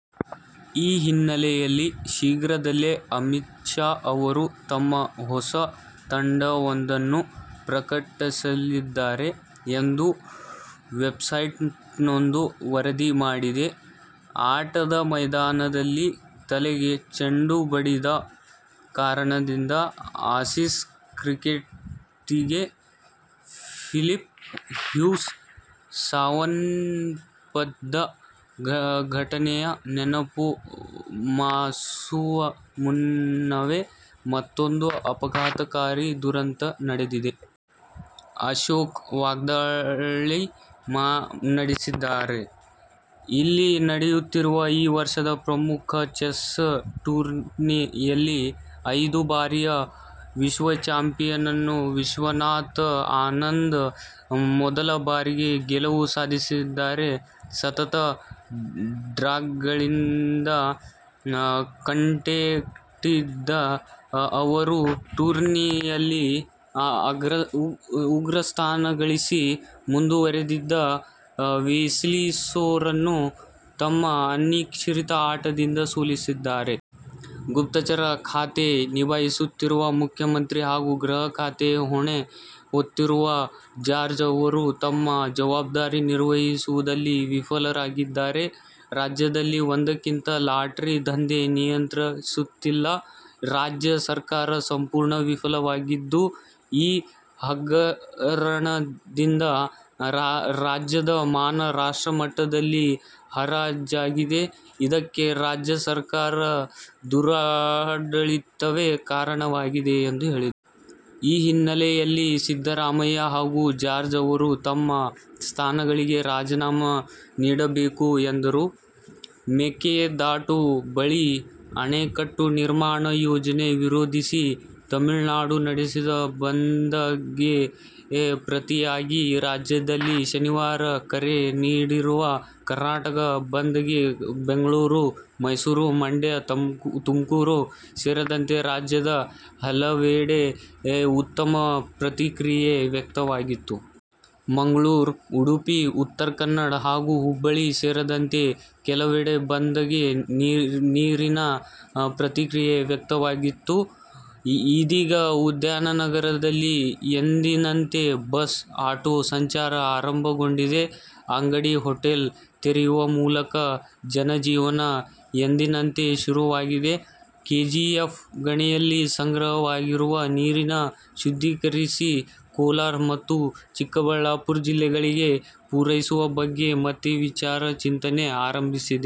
ಈ ಹಿನ್ನೆಲೆಯಲ್ಲಿ ಶೀಘ್ರದಲ್ಲೇ ಅಮಿತ್ ಶಾ ಅವರು ತಮ್ಮ ಹೊಸ ತಂಡವೊಂದನ್ನು ಪ್ರಕಟಿಸಲಿದ್ದಾರೆ ಎಂದು ವೆಬ್ಸೈಟೊಂದು ವರದಿ ಮಾಡಿದೆ. ಆಟದ ಮೈದಾನದಲ್ಲೇ ತಲೆಗೆ ಚೆಂಡು ಬಡಿದ ಕಾರಣದಿಂದ ಆಸೀಸ್ ಕ್ರಿಕೆಟಿಗ ಫಿಲಿಪ್ ಹ್ಯೂಸ್ ಸಾವನ್ನಪ್ಪಿದ್ದ ಘಟನೆಯ ನೆನಪು ಮಾಸುವ ಮುನ್ನವೇ ಮತ್ತೊಂದು ಆಘಾತಕಾರಿ ದುರಂತ ನಡೆದಿದೆ. ಅಶೋಕ್ ವಾಗ್ದಾಳಿ ನಡೆಸಿದ್ದಾರೆ. ಇಲ್ಲಿ ನಡೆಯುತ್ತಿರುವ ಈ ವರ್ಷದ ಪ್ರಮುಖ ಚೆಸ್ ಟೂರ್ನಿಯಲ್ಲಿ ಐದು ಬಾರಿಯ ವಿಶ್ವಚಾಂಪಿಯನ್ ವಿಶ್ವನಾಥನ್ ಆನಂದ್ ಮೊದಲ ಬಾರಿಗೆ ಗೆಲುವು ಸಾಧಿಸಿದ್ದಾರೆ. ಸತತ ಡ್ರಾಗಳಿಂದ ಕಂಗೆಟ್ಟಿದ್ದ ಅವರು ಟೂರ್ನಿಯಲ್ಲಿ ಅಗ್ರಸ್ಥಾನ ಗಳಿಸಿ ಮುಂದುವರೆದಿದ್ದ ವೆಸ್ಲಿ ಸೋರನ್ನು ತಮ್ಮ ಅನಿರೀಕ್ಷಿತ ಆಟದಿಂದ ಸೋಲಿಸಿದ್ದಾರೆ. ಗುಪ್ತಚರ ಖಾತೆ ನಿಭಾಯಿಸುತ್ತಿರುವ ಮುಖ್ಯಮಂತ್ರಿ ಹಾಗೂ ಗೃಹ ಖಾತೆಯ ಹೊಣೆ ಹೊತ್ತಿರುವ ಜಾರ್ಜ್ ಅವರು ತಮ್ಮ ಜವಾಬ್ದಾರಿ ನಿರ್ವಹಿಸುವಲ್ಲಿ ವಿಫಲರಾಗಿದ್ದಾರೆ. ರಾಜ್ಯದಲ್ಲಿ ಒಂದಂಕಿ ಲಾಟರಿ ದಂಧೆ ನಿಯಂತ್ರಿಸುವಲ್ಲಿ ರಾಜ್ಯ ಸರ್ಕಾರ ಸಂಪೂರ್ಣ ವಿಫಲವಾಗಿದ್ದು, ಈ ಹಗರಣದಿಂದ ರಾಜ್ಯದ ಮಾನ ರಾಷ್ಟ್ರಮಟ್ಟದಲ್ಲಿ ಹರಾಜಾಗಿದೆ. ಇದಕ್ಕೆ ರಾಜ್ಯ ಸರ್ಕಾರದ ದುರಾಡಳಿತವೇ ಕಾರಣವಾಗಿದೆ. ಈ ಹಿನ್ನೆಲೆಯಲ್ಲಿ ಸಿದ್ದರಾಮಯ್ಯ ಹಾಗೂ ಜಾರ್ಜ್ ಅವರು ತಮ್ಮ ಸ್ಥಾನಗಳಿಗೆ ರಾಜೀನಾಮೆ ನೀಡಬೇಕು ಎಂದರು. ಮೇಕೆದಾಟು ಬಳಿ ಅಣೆಕಟ್ಟು ನಿರ್ಮಾಣ ಯೋಜನೆ ವಿರೋಧಿಸಿ ತಮಿಳುನಾಡು ನಡೆಸಿದ ಬಂದ್ ಗೆ ಪ್ರತಿಯಾಗಿ ರಾಜ್ಯದಲ್ಲಿ ಶನಿವಾರ ಕರೆ ನೀಡಿರುವ ಕರ್ನಾಟಕ ಬಂದ್ ಗೆ ಬೆಂಗಳೂರು, ಮೈಸೂರು, ಮಂಡ್ಯ, ತುಮಕೂರು ಸೇರಿದಂತೆ ರಾಜ್ಯದ ಹಲವೆಡೆ ಉತ್ತಮ ಪ್ರತಿಕ್ರಿಯೆ ವ್ಯಕ್ತವಾಗಿತ್ತು. ಮಂಗಳೂರು, ಉಡುಪಿ, ಉತ್ತರ ಕನ್ನಡ ಹಾಗೂ ಹುಬ್ಬಳ್ಳಿ ಸೇರಿದಂತೆ ಕೆಲವೆಡೆ ಬಂದ್ ಗೆ ನೀರಸ ಪ್ರತಿಕ್ರಿಯೆ ವ್ಯಕ್ತವಾಗಿತ್ತು. ಇದೀಗ ಉದ್ಯಾನನಗರಿಯಲ್ಲಿ ಎಂದಿನಂತೆ ಬಸ್, ಆಟೋ ಸಂಚಾರ ಆರಂಭಗೊಂಡಿದೆ. ಅಂಗಡಿ, ಹೋಟೆಲ್ ತೆರೆಯುವ ಮೂಲಕ ಜನಜೀವನ ಎಂದಿನಂತೆ ಶುರುವಾಗಿದೆ. ಕೆಜಿಎಫ್ ಗಣಿಯಲ್ಲಿ ಸಂಗ್ರಹವಾಗಿರುವ ನೀರನ್ನು ಶುದ್ಧೀಕರಿಸಿ ಕೋಲಾರ ಮತ್ತು ಚಿಕ್ಕಬಳ್ಳಾಪುರ ಜಿಲ್ಲೆಗಳಿಗೆ ಪೂರೈಸುವ ಬಗ್ಗೆ ಮತ್ತೆ ಸರ್ಕಾರ ಚಿಂತನೆ ಆರಂಭಿಸಿದೆ.